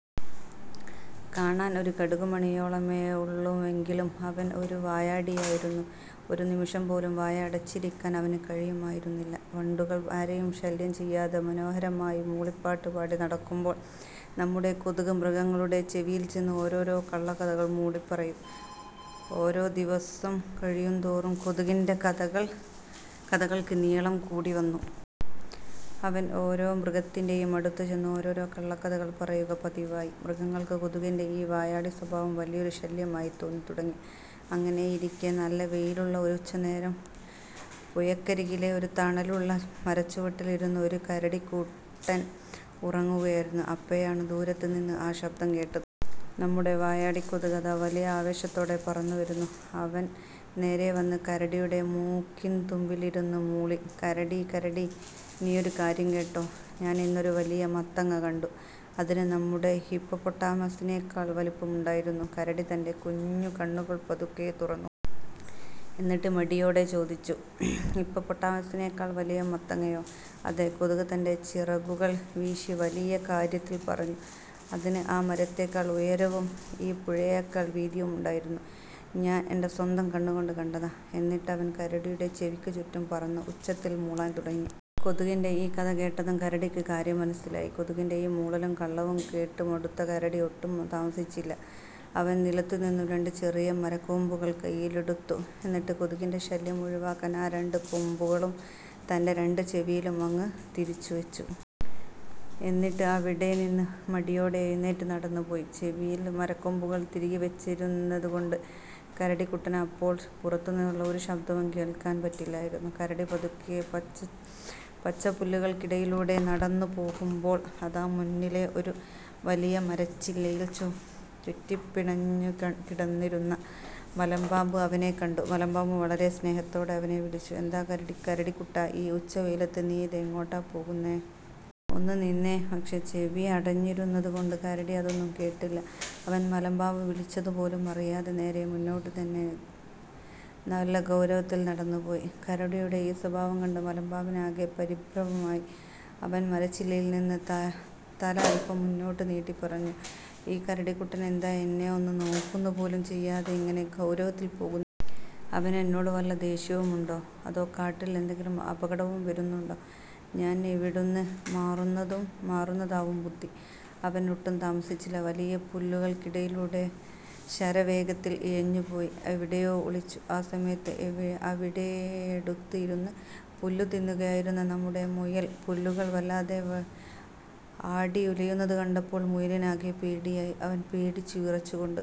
കാണാൻ ഒരു കടുക് മണിയോളമേ ഉള്ളൂവെങ്കിലും അവൻ ഒരു വായാടിയായിരുന്നു. ഒരു നിമിഷം പോലും വായ അടച്ചിരിക്കാൻ അവന് കഴിയുമായിരുന്നില്ല. വണ്ടുകൾ ആരെയും ശല്യം ചെയ്യാതെ മനോഹരമായി മൂളിപ്പാട്ട് പാടി നടക്കുമ്പോൾ, നമ്മുടെ കൊതുക് മൃഗങ്ങളുടെ ചെവിയിൽ ചെന്ന് ഓരോരോ കള്ളക്കഥകൾ മൂളിപ്പറയും! ഓരോ ദിവസം കഴിയുന്തോറും കൊതുകിന്റെ കഥകൾക്ക് നീളം കൂടിവന്നു. അവൻ ഓരോ മൃഗത്തിന്റെയും അടുത്ത് ചെന്ന് ഓരോരോ കള്ളക്കഥകൾ പറയുക പതിവായി. മൃഗങ്ങൾക്ക് കൊതുകിന്റെ ഈ വായാടി സ്വഭാവം വലിയൊരു ശല്യമായി തോന്നിത്തുടങ്ങി. അങ്ങനെയിരിക്കെ നല്ല വെയിലുള്ള ഒരു ഉച്ചനേരം പുഴയ്ക്കരികിലെ ഒരു തണലുള്ള മരച്ചുവട്ടിൽ ഇരുന്ന് ഒരു കരടിക്കുട്ടൻ ഉറങ്ങുകയായിരുന്നു. അപ്പോഴാണ് ദൂരത്തു നിന്ന് ആ ശബ്ദം കേട്ടത്! നമ്മുടെ വായാടി കൊതുക് അതാ വലിയ ആവേശത്തോടെ പറന്നു വരുന്നു! അവൻ നേരെ വന്ന് കരടിയുടെ മൂക്കിൻതുമ്പിലിരുന്ന് മൂളി: "കരടീ, കരടീ… നീയൊരു കാര്യം കേട്ടോ? ഞാൻ ഇന്നൊരു വലിയ മത്തങ്ങ കണ്ടു! അതിന് നമ്മുടെ ഹിപ്പോപ്പൊട്ടാമസിനേക്കാൾ വലിപ്പമുണ്ടായിരുന്നു! " കരടി തന്റെ കുഞ്ഞു കണ്ണുകൾ പതുക്കെ തുറന്നു. എന്നിട്ട് മടിയോടെ ചോദിച്ചു: "ഹിപ്പോപ്പൊട്ടാമസിനേക്കാൾ വലിയ മത്തങ്ങയോ? " "അതെ! " കൊതുക് തന്റെ ചിറകുകൾ വീശി വലിയ കാര്യത്തിൽ പറഞ്ഞു. "അതിന് ആ മരത്തേക്കാൾ ഉയരവും ഈ പുഴയേക്കാൾ വീതിയുമുണ്ടായിരുന്നു! ഞാൻ എന്റെ സ്വന്തം കണ്ണുകൊണ്ട് കണ്ടതാ! " എന്നിട്ടവൻ കരടിയുടെ ചെവിക്ക് ചുറ്റും പറന്ന് ഉച്ചത്തിൽ മൂളാൻ തുടങ്ങി. കൊതുകിന്റെ ഈ കഥ കേട്ടതും കരടിക്ക് കാര്യം മനസ്സിലായി. കൊതുകിന്റെ ഈ മൂളലും കള്ളവും കേട്ട് മടുത്ത കരടി ഒട്ടും താമസിച്ചില്ല; അവൻ നിലത്തുനിന്നും രണ്ട് ചെറിയ മരക്കമ്പുകൾ കൈയിലെടുത്തു. എന്നിട്ട്, കൊതുകിന്റെ ശല്യം ഒഴിവാക്കാൻ ആ രണ്ട് കമ്പുകളും തന്റെ രണ്ട് ചെവിയിലും അങ്ങ് തിരുകി വെച്ചു! എന്നിട്ട് അവിടെനിന്ന് മടിയോടെ എഴുന്നേറ്റ് നടന്നുപോയി. ചെവിയിൽ മരക്കമ്പുകൾ തിരുകി വച്ചിരുന്നതു കൊണ്ട് കരടിക്കുട്ടന് അപ്പോൾ പുറത്തുനിന്നുള്ള ഒരു ശബ്ദവും കേൾക്കാൻ പറ്റില്ലായിരുന്നു. കരടി പതുക്കെ പച്ചപ്പുല്ലുകൾക്കിടയിലൂടെ നടന്നു പോകുമ്പോൾ, അതാ മുന്നിലെ ഒരു വലിയ മരച്ചില്ലയിൽ ചുറ്റിപ്പിണഞ്ഞു കിടന്നിരുന്ന മലമ്പാമ്പ് അവനെ കണ്ടു. മലമ്പാമ്പ് വളരെ സ്നേഹത്തോടെ അവനെ വിളിച്ചു: "എന്താ കരടിക്കുട്ടാ, ഈ ഉച്ചവെയിലത്ത് നീയിത് എങ്ങോട്ടാ പോകുന്നേ? ഒന്ന് നിന്നേ… " പക്ഷേ, ചെവി അടഞ്ഞിരുന്നതു കൊണ്ട് കരടി ഇതൊന്നും കേട്ടില്ല. അവൻ മലമ്പാമ്പ് വിളിച്ചതു പോലും അറിയാതെ, നേരെ മുന്നോട്ട് തന്നെ നല്ല ഗൗരവത്തിൽ നടന്നുപോയി. കരടിയുടെ ഈ ഭാവം കണ്ട് മലമ്പാമ്പിന് ആകെ പരിഭ്രമമായി! അവൻ മരച്ചില്ലയിൽ നിന്ന് തല അല്പം മുന്നോട്ട് നീട്ടി പറഞ്ഞു "ഈ കരടിക്കുട്ടൻ എന്താ എന്നെ ഒന്ന് നോക്കുക പോലും ചെയ്യാതെ ഇങ്ങനെ ഗൗരവത്തിൽ പോകുന്നത്? അവന് എന്നോട് വല്ല ദേഷ്യവുമുണ്ടോ? അതോ, കാട്ടിൽ എന്തെങ്കിലും അപകടവും വരുന്നുണ്ടോ? ഞാൻ ഇവിടുന്ന് മാറുന്നതാവും ബുദ്ധി! " അവൻ ഒട്ടും താമസിച്ചില്ല; വലിയ പുല്ലുകൾക്കിടയിലൂടെ ശരവേഗത്തിൽ ഇഴഞ്ഞുപോയി എവിടെയോ ഒളിച്ചു. ആ സമയത്ത് അവിടെയടുത്ത് ഇരുന്ന് പുല്ല് തിന്നുകയായിരുന്നു നമ്മുടെ മുയൽ. പുല്ലുകൾ വല്ലാതെ ആടിയുലയുന്നത് കണ്ടപ്പോൾ മുയലിന് ആകെ പേടിയായി! അവൻ പേടിച്ച് വിറച്ചു കൊണ്ട്